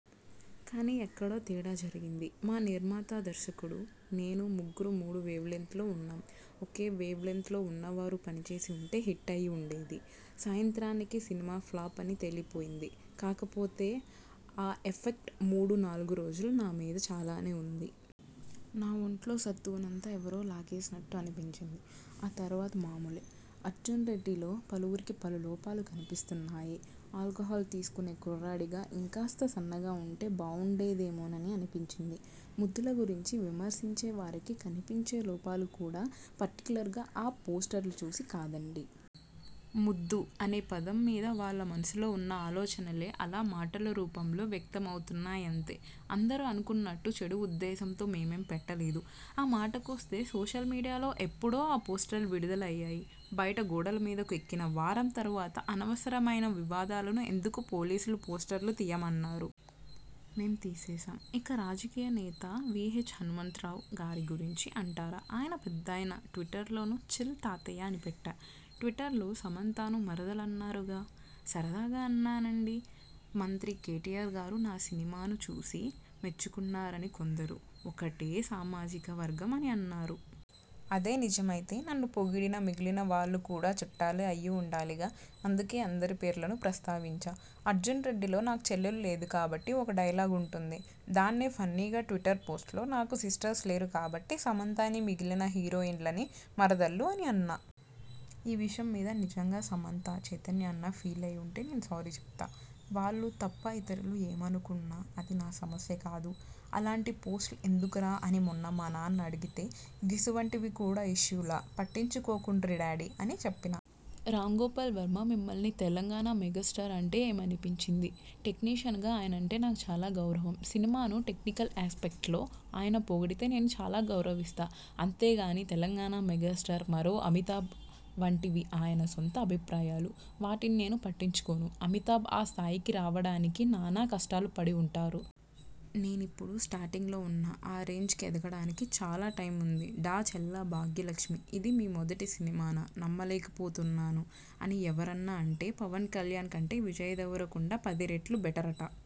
కానీ ఎక్కడో తేడా జరిగింది. మా నిర్మాత, దర్శకుడు, నేను ముగ్గురూ మూడు వేవ్లెంగ్త్లలో ఉన్నాం. ఒకే వేవ్లెంగ్త్లో ఉన్నవారు పనిచేసి ఉంటే హిట్ అయి ఉండేది. సాయంత్రానికి సినిమా ఫ్ల్లాప్ అని తేలిపోయింది. కాకపోతే ఆ ఎఫెక్ట్ మూడు, నాలుగు రోజులు నా మీద చాలానే ఉంది. నా ఒంట్లో సత్తువ నంతా ఎవరో లాగేసినట్టు అనిపించింది. తర్వాత మామూలే. 'అర్జున్రెడ్డి'లో పలువురికి పలు లోపాలు కనిపిస్తున్నాయి.. ఆల్కహాల్ తీసుకునే కుర్రాడిగా ఇంకాస్త సన్నగా ఉంటే బావుండేదేమోనని అనిపించింది. ముద్దుల గురించి విమర్శించే వారికి కనిపించే లోపాలు కూడా పర్టిక్యులర్గా ఆ పోస్టర్లు చూసి కాదండీ. 'ముద్దు' అనే పదం మీద వాళ్ల మనస్సుల్లో ఉన్న ఆలోచనలే అలా మాటల రూపంలో వ్యక్తం అవుతున్నాయి అంతే. అందరూ అనుకుంటున్నట్టు చెడు ఉద్దేశంతో మేం పెట్టలేదు. ఆ మాటకొస్తే సోషల్ మీడియాలో ఎప్పుడో ఆ పోస్టర్లు విడుదలయ్యాయి. బయట గోడల మీదకు ఎక్కిన వారం తర్వాత అనవసరమైన వివాదాలు ఎందుకని పోలీసులు పోస్టర్లు తీయమన్నారు. మేం తీసేశాం. ఇక రాజకీయ నేత వీహెచ్ హనుమంతరావు గారి గురించి అంటారా ఆయన పెద్దాయన ట్విట్టర్లోనూ 'చిల్ తాతయ్య' అని పెట్టా. 'ట్విట్టర్లో సమంతను మరదలు అన్నారుగా? సరదాగా అన్నానండీ. మంత్రి కేటీఆర్ గారు నా సినిమాను చూసి మెచ్చుకున్నారని కొందరు 'ఒకటే సామాజిక వర్గం' అని అన్నారు. అదే నిజమైతే నన్ను పొగిడిన మిగిలిన వాళ్లు కూడా చుట్టాలే అయి ఉండాలిగా అందుకే అందరి పేర్లనూ ప్రస్తావించా. 'అర్జున్రెడ్డి'లో 'నాకు చెల్లెలు లేదు కాబట్టి' ఒక డైలాగ్ ఉంటుంది. దాన్నే ఫన్నీగా ట్విట్టర్ పోస్ట్లో నాకు సిస్టర్స్ లేరు కాబట్టి సమంతని మిగిలిన హీరోయిన్లనీ మరదళ్లు అని అన్నా. ఆ విషయం మీద నిజంగా సమంత, చైతన్య అన్నా ఫీలై ఉంటే నేను సారీ చెబుతా. వాళ్లు తప్ప ఇతరులు ఏమనుకున్నా అది నా సమస్య కాదు. 'అలాంటి పోస్టులు ఎందుకురా' అని మొన్న మా నాన్న అడిగితే 'గిసువంటివి కూడా ఇష్యూలా.. పట్టించుకోకుండ్రి డాడీ' అని చెప్పినా. రామ్గోపాల్ వర్మ మిమ్మల్ని తెలంగాణ మెగాస్టార్ అంటే ఏమనిపించింది? టెక్నీషియన్గా ఆయనంటే నాకు చాలా గౌరవం. సినిమాను టెక్నికల్ యాస్పెక్ట్లో ఆయన పొడిగితే నేను చాలా గౌరవిస్తా. అంతేగానీ తెలంగాణ మెగాస్టార్, మరో అమితాబ్ వంటివన్నీ ఆయన సొంత అభిప్రాయాలు. వాటిని నేను పట్టించుకోను. అమితాబ్ ఆ స్థాయికి రావడానికి నానా కష్టాలు పడి ఉంటారు. నేనిప్పుడు స్టార్టింగ్లో ఉన్నా ఆ రేంజ్కి ఎదగడానికి చాలా టైమ్ ఉంది. డా. చల్లా భాగ్యలక్ష్మి ఇది మీ మొదటి సినిమానా? నమ్మలేకపోతున్నా! అని ఎవరన్నారంటే పవన్ కల్యాణ్ కంటే విజయ్ దేవరకొండ పది రెట్లు బెటరట